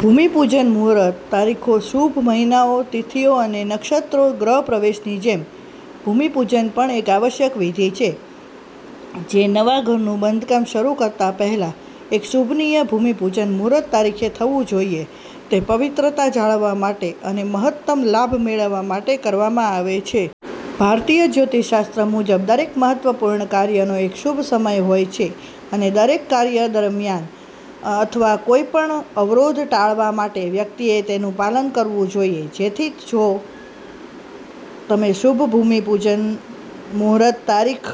ભૂમિ પૂજન મુહૂર્ત તારીખો શુભ મહિનાઓ, તિથિઓ અને નક્ષત્રો ગૃહપ્રવેશની જેમ, ભૂમિપૂજનપણ એક આવશ્યક વિધિ છે જે નવા ઘરનું બાંધકામ શરૂ કરતા પહેલા એક શુભ ભૂમિપૂજન મુહૂર્ત તારીખે થવી જોઈએ. તે પવિત્રતા જાળવવા અને મહત્તમ લાભ મેળવવા માટે કરવામાં આવે છે. ભારતીય જ્યોતિષશાસ્ત્ર મુજબ, દરેક મહત્વપૂર્ણ કાર્યનો એક શુભ સમય હોય છે, અને દરેક કાર્ય દરમિયાન અથવા પછી કોઈપણ અવરોધ ટાળવા માટે વ્યક્તિએ તેનું પાલન કરવું જોઈએ. તેથી, જો તમે શુભ ભૂમિ પૂજન મુહૂર્ત તારીખ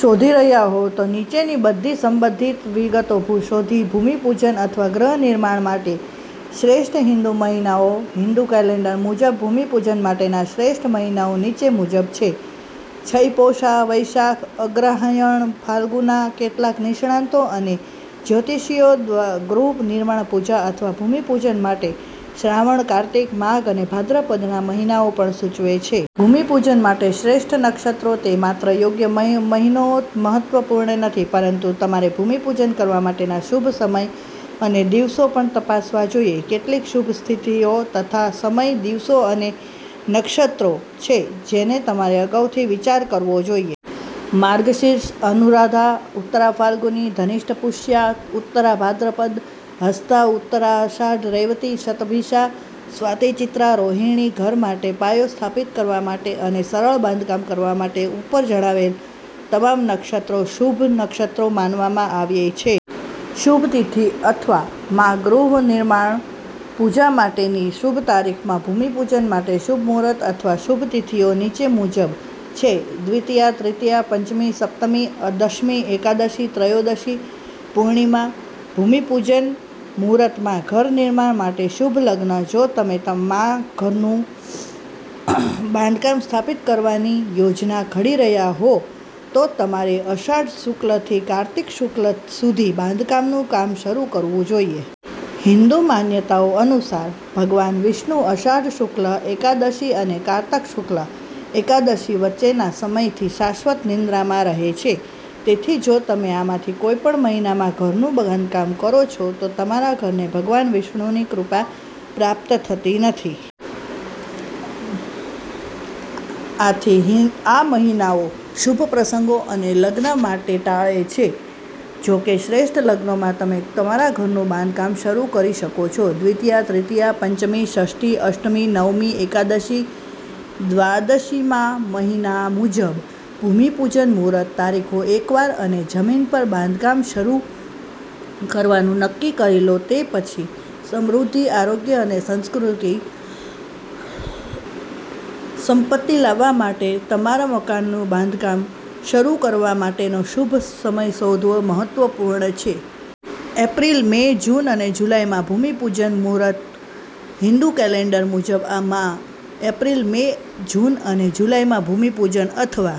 શોધી રહ્યા હોવ, તો નીચે બધી સંબંધિત વિગતો શોધોભૂમિપૂજન અથવા ગૃહ નિર્માણ માટે શ્રેષ્ઠ હિન્દુ મહિનાઓ હિંદુ કેલેન્ડર મુજબ, ભૂમિપૂજન માટેના શ્રેષ્ઠ મહિનાઓ નીચે મુજબ છેપૌષા વૈશાખ અગ્રહાયણ ફાલ્ગુના કેટલાક નિષ્ણાતો અને જ્યોતિષીઓ ગૃહ નિર્માણ પૂજા અથવા ભૂમિપૂજન માટે શ્રાવણ, કાર્તિક, માઘ અને ભાદ્રપદના મહિનાઓ પણ સૂચવે છે. ભૂમિ પૂજન માટે શ્રેષ્ઠ નક્ષત્રો તે માત્ર યોગ્ય મહિનોમહત્વપૂર્ણ નથી, પરંતુ તમારે ભૂમિપૂજન કરવા માટેના શુભ સમય અને દિવસો પણ તપાસવા જોઈએ. કેટલીક શુભ તિથિઓ, સમય, દિવસો અને નક્ષત્રો છે જેને તમારે અગાઉથી વિચાર કરવો જોઈએ. માર્ગશીર્ષ અનુરાધા ઉત્તરા ફાલ્ગુની ધનિષ્ઠા પુષ્ય ઉત્તરા ભાદ્રપદ હસ્તા ઉત્તરા આષાઢ રેવતી શતભિષા સ્વાતિ ચિત્રા રોહિણી ઘર માટે પાયો સ્થાપિત કરવા અને સરળ બાંધકામ કરવા માટે, ઉપર જણાવેલ તમામ નક્ષત્રો શુભ નક્ષત્રો માનવામાં આવે છે. શુભ તિથિ અથવા માં ગૃહ નિર્માણ પૂજા માટેની શુભ તારીખ માં ભૂમિપૂજન માટે શુભ મુહૂર્ત અથવા શુભ તિથિઓ નીચે મુજબ છેદ્વિતિયા તૃતીયા પંચમી સપ્તમી દશમી એકાદશી ત્રયોદશી પૂર્ણિમા ભૂમિ પૂજન મુહૂર્ત માં ઘર નિર્માણ માટે શુભ લગ્ન જો તમે માં ઘરનું બાંધકામ સ્થાપિત કરવાની યોજના ઘડી રહ્યા હો, તો તમારે અષાઢ શુક્લથી કાર્તિક શુક્લ સુધી બાંધકામનું કામ શરૂકરવું જોઈએ. હિંદુ માન્યતાઓ અનુસાર, ભગવાન વિષ્ણુ અષાઢ શુક્લ એકાદશી અને કારતક શુક્લ એકાદશી વચ્ચેના સમયથી શાશ્વત નિદ્રામાં રહે છે. તેથી, જો તમે આમાંથી કોઈપણ મહિનામાં ઘરનું બાંધકામ કરો છો, તો તમારા ઘરને ભગવાન વિષ્ણુની કૃપા પ્રાપ્ત થતી નહીં. આથી, હિન્ આ મહિનાઓ શુભ પ્રસંગો અને લગ્ન માટે પણ ટાળે છે. જો કે, શ્રેષ્ઠ લગ્નોમાં તમે તમારા ઘરનું બાંધકામ શરૂ કરી શકો છો. દ્વિતીયા, તૃતીયા. પંચમી. ષષ્ઠી, અષ્ટમી, નવમી, એકાદશી, દ્વાદશીમાં મહિના મુજબ ભૂમિપૂજન મુહૂર્ત તારીખો એકવાર તમે જમીન પર બાંધકામ શરૂ કરવાનું નક્કી કરી લો તે પછી, સમૃદ્ધિ, આરોગ્ય અને સંપત્તિ લાવવા માટે તમારા નવા મકાનનું બાંધકામ શરૂ કરવા માટેનો શુભ સમય શોધવો મહત્વપૂર્ણ છે. એપ્રિલ, મે, જૂન અને જુલાઈમાં ભૂમિપૂજન મુહૂર્ત હિંદુ કેલેન્ડર મુજબ, માં એપ્રિલ, મે, જૂન અને જુલાઈમાં ભૂમિપૂજન અથવા